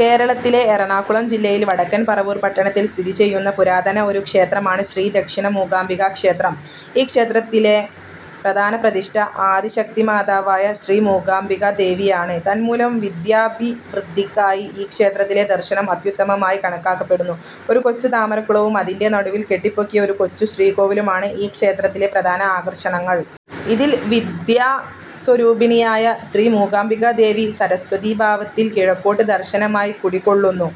കേരളത്തിലെ എറണാകുളം ജില്ലയിൽ വടക്കൻ പറവൂർ പട്ടണത്തിൽ സ്ഥിതിചെയ്യുന്ന പുരാതന ഒരു ക്ഷേത്രമാണ് ശ്രീ ദക്ഷിണമൂകാംബികാക്ഷേത്രം. ഈ ക്ഷേത്രത്തിലെ പ്രധാന പ്രതിഷ്ഠ ആദിശക്തിമാതാവായ ശ്രീമൂകാംബികാദേവിയാണ്. തന്മൂലം വിദ്യാഭിവൃദ്ധിക്കായി ഈ ക്ഷേത്രത്തിലെ ദർശനം അത്യുത്തമമായി കണക്കാക്കപ്പെടുന്നു. ഒരു കൊച്ചു താമരക്കുളവും അതിൻ്റെ നടുവിൽ കെട്ടിപ്പൊക്കിയ ഒരു കൊച്ചുശ്രീകോവിലുമാണ് ഈ ക്ഷേത്രത്തിലെ പ്രധാന ആകർഷണങ്ങൾ. ഇതിൽ വിദ്യാസ്വരൂപിണിയായ ശ്രീമൂകാംബികാദേവി സരസ്വതീഭാവത്തിൽ കിഴക്കോട്ട് ദർശനമായി കുടികൊള്ളുന്നു.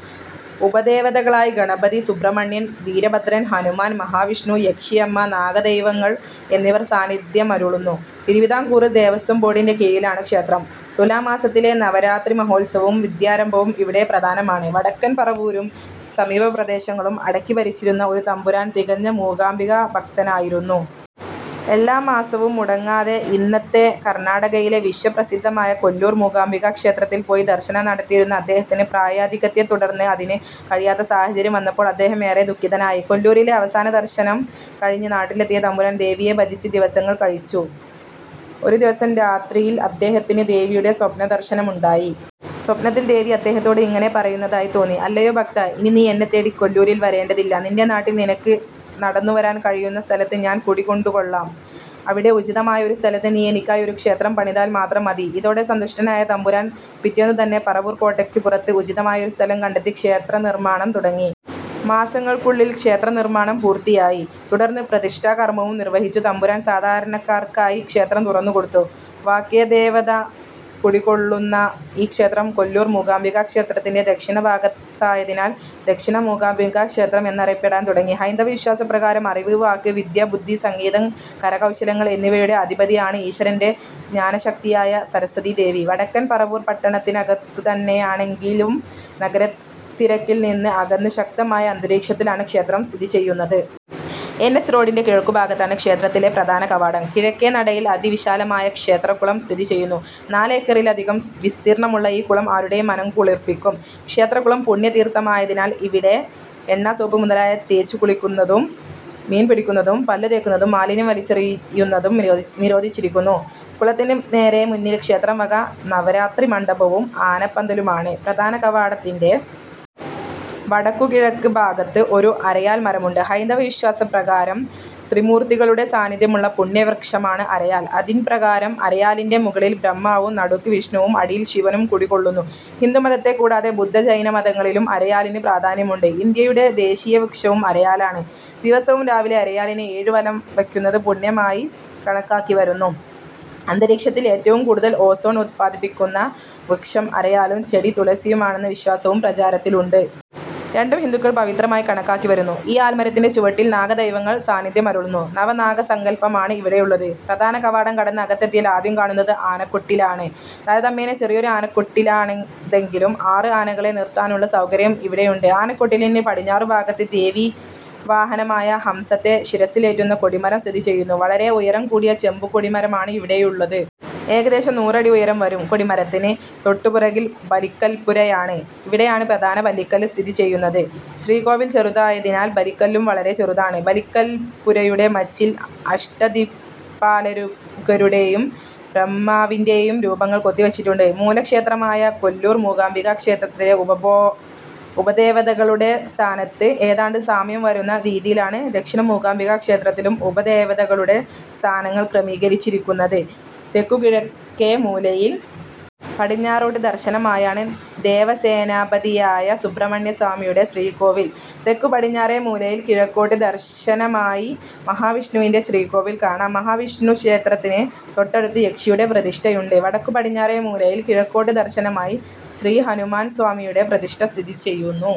ഉപദേവതകളായി ഗണപതി, സുബ്രഹ്മണ്യൻ, വീരഭദ്രൻ, ഹനുമാൻ, മഹാവിഷ്ണു, യക്ഷിയമ്മ, നാഗദൈവങ്ങൾ എന്നിവർ സാന്നിധ്യമരുളുന്നു. തിരുവിതാംകൂർ ദേവസ്വം ബോർഡിൻ്റെ കീഴിലാണ് ക്ഷേത്രം. തുലാമാസത്തിലെ നവരാത്രിമഹോത്സവവും വിദ്യാരംഭവും ഇവിടെ പ്രധാനമാണ്. വടക്കൻ പറവൂരും സമീപപ്രദേശങ്ങളും അടക്കിഭരിച്ചിരുന്ന ഒരു തമ്പുരാൻ തികഞ്ഞ മൂകാംബികാഭക്തനായിരുന്നു. എല്ലാ മാസവും മുടങ്ങാതെ ഇന്നത്തെ കർണാടകയിലെ വിശ്വപ്രസിദ്ധമായ കൊല്ലൂർ മൂകാംബികാക്ഷേത്രത്തിൽ പോയി ദർശനം നടത്തിയിരുന്ന അദ്ദേഹത്തിന് പ്രായാധിക്യത്തെത്തുടർന്ന് അതിന് കഴിയാത്ത സാഹചര്യം വന്നപ്പോൾ അദ്ദേഹം ഏറെ ദുഃഖിതനായി. കൊല്ലൂരിലെ അവസാനദർശനം കഴിഞ്ഞ് നാട്ടിലെത്തിയ തമ്പുരാൻ ദേവിയെ ഭജിച്ച് ദിവസങ്ങൾ കഴിച്ചു. ഒരു ദിവസം രാത്രിയിൽ അദ്ദേഹത്തിന് ദേവിയുടെ സ്വപ്നദർശനമുണ്ടായി. സ്വപ്നത്തിൽ ദേവി അദ്ദേഹത്തോട് ഇങ്ങനെ പറയുന്നതായി തോന്നി .അല്ലയോ ഭക്താ, ഇനി നീ എന്നെത്തേടി കൊല്ലൂരിൽ വരേണ്ടതില്ല. നിൻ്റെ നാട്ടിൽ, നിനക്ക് നടന്നുവരാൻ കഴിയുന്ന സ്ഥലത്ത് ഞാൻ കുടികൊണ്ടുകൊള്ളാം. അവിടെ ഉചിതമായ ഒരു സ്ഥലത്ത് നീ എനിക്കായി ഒരു ക്ഷേത്രം പണിതാൽ മാത്രം മതി. ഇതോടെ സന്തുഷ്ടനായ തമ്പുരാൻ പിറ്റേന്നുതന്നെ പറവൂർ കോട്ടയ്ക്ക് പുറത്ത് ഉചിതമായ ഒരു സ്ഥലം കണ്ടെത്തി ക്ഷേത്രനിർമ്മാണം തുടങ്ങി. മാസങ്ങൾക്കുള്ളിൽ ക്ഷേത്രനിർമ്മാണം പൂർത്തിയായി. തുടർന്ന് പ്രതിഷ്ഠാകർമവും നിർവഹിച്ച തമ്പുരാൻ സാധാരണക്കാർക്കായി ക്ഷേത്രം തുറന്നുകൊടുത്തു. വാഗ്ദേവത കുടികൊള്ളുന്ന ഈ ക്ഷേത്രം കൊല്ലൂർ മൂകാംബികാക്ഷേത്രത്തിൻ്റെ ദക്ഷിണഭാഗത്തായതിനാൽ ദക്ഷിണമൂകാംബികാക്ഷേത്രം എന്നറിയപ്പെടാൻ തുടങ്ങി. ഹൈന്ദവവിശ്വാസപ്രകാരം അറിവ്, വാക്ക്, വിദ്യ, ബുദ്ധി, സംഗീതം, കരകൗശലങ്ങൾ എന്നിവയുടെ അധിപതിയാണ് ഈശ്വരൻ്റെ ജ്ഞാനശക്തിയായ സരസ്വതീദേവി. വടക്കൻ പറവൂർ പട്ടണത്തിനകത്തുതന്നെയാണെങ്കിലും നഗരത്തിരക്കിൽനിന്ന് അകന്ന് ശാന്തമായ അന്തരീക്ഷത്തിലാണ് ക്ഷേത്രം സ്ഥിതിചെയ്യുന്നത്. എൻ. എച്ച്. റോഡിൻ്റെ കിഴക്കുഭാഗത്താണ് ക്ഷേത്രത്തിലെ പ്രധാനകവാടം. കിഴക്കേനടയിൽ അതിവിശാലമായ ക്ഷേത്രക്കുളം സ്ഥിതിചെയ്യുന്നു. നാലേക്കറിലധികം വിസ്തീർണമുള്ള ഈ കുളം ആരുടെയും മനം കുളിർപ്പിക്കും. ക്ഷേത്രക്കുളം പുണ്യതീർഥമായതിനാൽ ഇവിടെ എണ്ണ, സോപ്പ് മുതലായവ തേച്ചുകുളിക്കുന്നതും മീൻപിടിക്കുന്നതും പല്ലുതേക്കുന്നതും മാലിന്യം വലിച്ചെറിയുന്നതും നിരോധി നിരോധിച്ചിരിക്കുന്നു. കുളത്തിന് നേരെ മുന്നിൽ ക്ഷേത്രം വക നവരാത്രിമണ്ഡപവും ആനപ്പന്തലുമാണ്. പ്രധാനകവാടത്തിൻ്റെ വടക്കുകിഴക്കുഭാഗത്ത് ഒരു അരയാൽമരമുണ്ട്. ഹൈന്ദവവിശ്വാസപ്രകാരം ത്രിമൂർത്തികളുടെ സാന്നിധ്യമുള്ള പുണ്യവൃക്ഷമാണ് അരയാൽ. അതിൻപ്രകാരം അരയാലിൻ്റെ മുകളിൽ ബ്രഹ്മാവും നടുക്ക് വിഷ്ണുവും അടിയിൽ ശിവനും കുടികൊള്ളുന്നു. ഹിന്ദുമതത്തെക്കൂടാതെ ബുദ്ധ-ജൈനമതങ്ങളിലും അരയാലിന് പ്രാധാന്യമുണ്ട്. ഇന്ത്യയുടെ ദേശീയവൃക്ഷവും അരയാലാണ്. ദിവസവും രാവിലെ അരയാലിനെ ഏഴുവലം വെയ്ക്കുന്നത് പുണ്യമായി കണക്കാക്കിവരുന്നു. അന്തരീക്ഷത്തിൽ ഏറ്റവും കൂടുതൽ ഓസോൺ ഉത്പാദിപ്പിക്കുന്ന വൃക്ഷം അരയാലും ചെടി തുളസിയുമാണെന്ന വിശ്വാസവും പ്രചാരത്തിലുണ്ട്. രണ്ടും ഹിന്ദുക്കൾ പവിത്രമായി കണക്കാക്കിവരുന്നു.ഈ ആൽമരത്തിൻ്റെ ചുവട്ടിൽ നാഗദൈവങ്ങൾ സാന്നിധ്യമരുളുന്നു. നവനാഗസങ്കൽപ്പമാണ് ഇവിടെയുള്ളത്. പ്രധാനകവാടം കടന്ന് അകത്തെത്തിയാൽ ആദ്യം കാണുന്നത് ആനക്കൊട്ടിലാണ്. താരതമ്യേന ചെറിയൊരു ആനക്കൊട്ടിലാണിതെങ്കിലും ആറ് ആനകളെ നിർത്താനുള്ള സൗകര്യം ഇവിടെയുണ്ട്. ആനക്കൊട്ടിലിന് പടിഞ്ഞാറുഭാഗത്ത് ദേവീവാഹനമായ ഹംസത്തെ ശിരസ്സിലേറ്റുന്ന കൊടിമരം സ്ഥിതിചെയ്യുന്നു. വളരെ ഉയരം കൂടിയ ചെമ്പുകൊടിമരമാണ് ഇവിടെയുള്ളത്. ഏകദേശം നൂറടി ഉയരം വരും. കൊടിമരത്തിന് തൊട്ടുപുറകിൽ ബലിക്കൽപ്പുരയാണ്. ഇവിടെയാണ് പ്രധാന ബലിക്കല്ല് സ്ഥിതിചെയ്യുന്നത്. ശ്രീകോവിൽ ചെറുതായതിനാൽ ബലിക്കല്ലും വളരെ ചെറുതാണ്. ബലിക്കൽപ്പുരയുടെ മച്ചിൽ അഷ്ടദിക്പാലകരുടെയും ബ്രഹ്മാവിൻ്റെ യും രൂപങ്ങൾ കൊത്തിവച്ചിട്ടുണ്ട്. മൂലക്ഷേത്രമായ കൊല്ലൂർ മൂകാംബികാക്ഷേത്രത്തിലെ ഉപബോ ഉപദേവതകളുടെ സ്ഥാനത്ത് ഏതാണ്ട് സാമ്യം വരുന്ന രീതിയിലാണ് ദക്ഷിണമൂകാംബികാക്ഷേത്രത്തിലും ഉപദേവതകളുടെ സ്ഥാനങ്ങൾ ക്രമീകരിച്ചിരിക്കുന്നത്. തെക്കുകിഴക്കേമൂലയിൽ പടിഞ്ഞാറോട്ട് ദർശനമായാണ് ദേവസേനാപതിയായ സുബ്രഹ്മണ്യസ്വാമിയുടെ ശ്രീകോവിൽ. തെക്കുപടിഞ്ഞാറേമൂലയിൽ കിഴക്കോട്ട് ദർശനമായി മഹാവിഷ്ണുവിൻ്റെ ശ്രീകോവിൽ കാണാം. മഹാവിഷ്ണുക്ഷേത്രത്തിന് തൊട്ടടുത്ത് യക്ഷിയുടെ പ്രതിഷ്ഠയുണ്ട്. വടക്കുപടിഞ്ഞാറേമൂലയിൽ കിഴക്കോട്ട് ദർശനമായി ശ്രീഹനുമാൻസ്വാമിയുടെ പ്രതിഷ്ഠ സ്ഥിതിചെയ്യുന്നു.